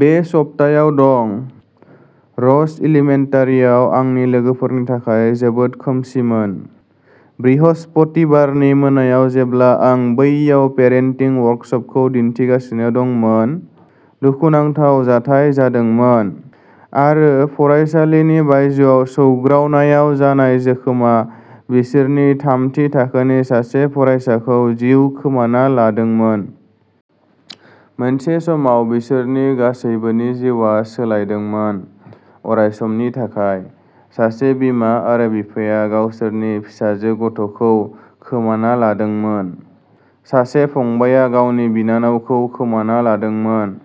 बे सप्तायाव दं। रस एलिमेन्टारिआव आंनि लोगोफोरनि थाखाय जोबोद खोमसिमोन। बृहस्पतिबारनि मोनायाव जेब्ला आं बैयाव पेरेन्टिं वर्कसपखौ दिन्थिगासिनो दंमोन, दुखुनांथाव जाथाय जादोंमोन आरो फरायसालिनि बायजोआव सौग्रावनायाव जानाय जोखोमआ बिसोरनि थामथि थाखोनि सासे फरायसाखौ जिउ खोमाना लादोंमोन। मोनसे समाव, बिसोरनि गासैबोनि जिउआ सोलायदोंमोन। अरायसमनि थाखाय। सासे बिमा आरो बिफाया गावसोरनि फिसाजो गथ'खौ खोमाना लादोंमोन। सासे फंबायआ गावनि बिनानावखौ खोमाना लादोंमोन।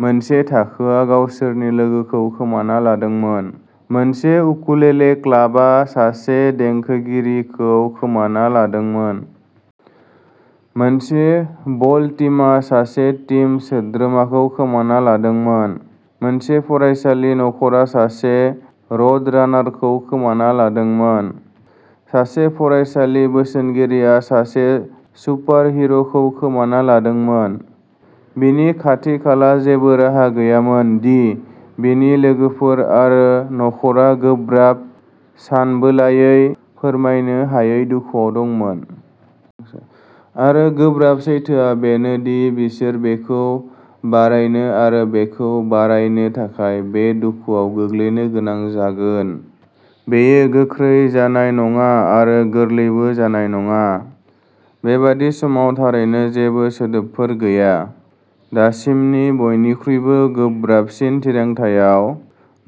मोनसे थाखोआ गावसोरनि लोगोखौ खोमाना लादोंमोन। मोनसे उकुलेले क्लाबआ सासे देंखोगिरिखौ खोमाना लादोंमोन। मोनसे बल टीमा सासे टीम सोद्रोमाखौ खोमाना लादोंमोन। मोनसे फरायसालि नखरा सासे र'डरानारखौ खोमाना लादोंमोन। सासे फरायसालि बोसोनगिरिया सासे सुपारहिर'खौ खोमाना लादोंमोन। बिनि खाथि-खाला जेबो राहा गैयामोन दि बिनि लोगोफोर आरो नखरा गोब्राब, सानबोलायै, फोरमायनो हायै दुखुआव दंमोन। आरो गोब्राब सैथोआ बेनो दि बिसोर बेखौ बारायनो आरो बेखौ बारायनो थाखाय बे दुखुआव गोग्लैनो गोनां जागोन। बेयो गोख्रै जानाय नङा आरो गोरलैबो जानाय नङा। बेबादि समाव थारैनो जेबो सोदोबफोर गैया। दासिमनि बयनिख्रुइबो गोब्राबसिन थिरांथायाव,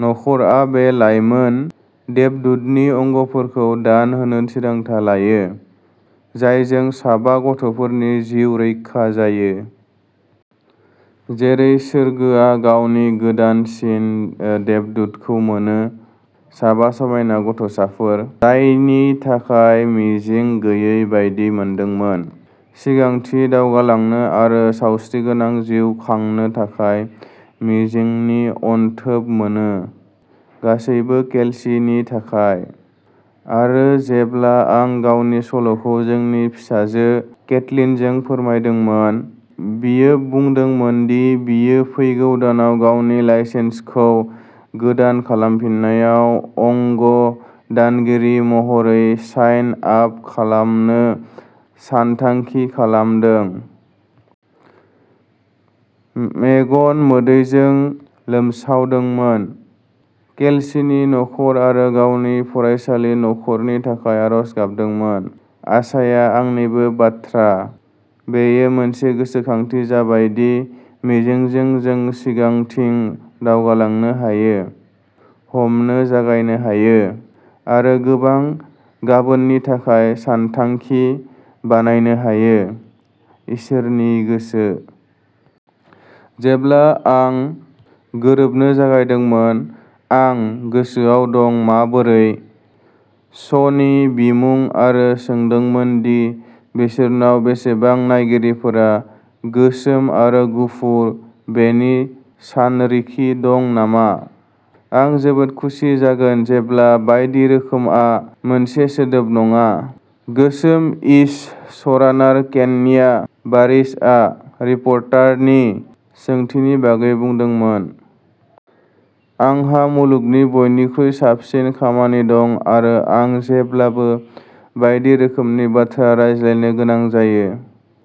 न'खरआ बे लाइमोन देबदूतनि अंगफोरखौ दान होनो थिरांथा लायो, जायजों साबा गथ'फोरनि जिउ रैखा जायो। जेरै सोरगोआ गावनि गोदानसिन देबदूतखौ मोनो, साबा समायना गथ'साफोर, जायनि थाखाय मिजिं गैयै बायदि मोनदोंमोन, सिगांथिं दावगालांनो आरो सावस्रिगोनां जिउ खांनो थाखाय मिजिंनि अनथोब मोनो। गासैबो केल्सीनि थाखाय। आरो जेब्ला आं गावनि सल'खौ जोंनि फिसाजो केटलिनजों फोरमायदोंमोन, बियो बुंदोंमोन दि बियो फैगौ दानाव गावनि लाइसेन्सखौ गोदान खालामफिननायाव अंग दानगिरि महरै साइन आप खालामनो सानथांखि खालामदों। मेगन मोदैजों लोमसावदोंमोन। केल्सीनि नखर आरो गावनि फरायसालि नखरनि थाखाय आरज गाबदोंमोन। आसाया आंनिबो बाथ्रा। बेयो मोनसे गोसोखांथि जाबाय दि मिजिंजों जों सिगांथिं दावगालांनो हायो, हामनो जागायनो हायो, आरो गोबां गाबोननि थाखाय सानथांखि बानायनो हायो; इसोरनि गोसो। जेब्ला आं गोरोबनो जागायदोंमोन आं गोसोआव दं माबोरै। श'नि बिमुं आरो सोंदोंमोन दि बिसोरनाव बेसेबां नायगिरिफोरा गोसोम आरो गुफुर बेनि सानरिखि दं नामा। "आं जोबोद खुसि जागोन जेब्ला बायदि रोखोमआ मोनसे सोदोब नङा", गोसोम-इश श'रानार केन्या बारिसआ रिपर्टारनि सोंथिनि बागै बुंदोंमोन। "आंहा मुलुगनि बयनिख्रुइ साबसिन खामानि दं आरो आं जेब्लाबो बायदि रोखोमनि बाथ्रा रायज्लायनो गोनां जायो।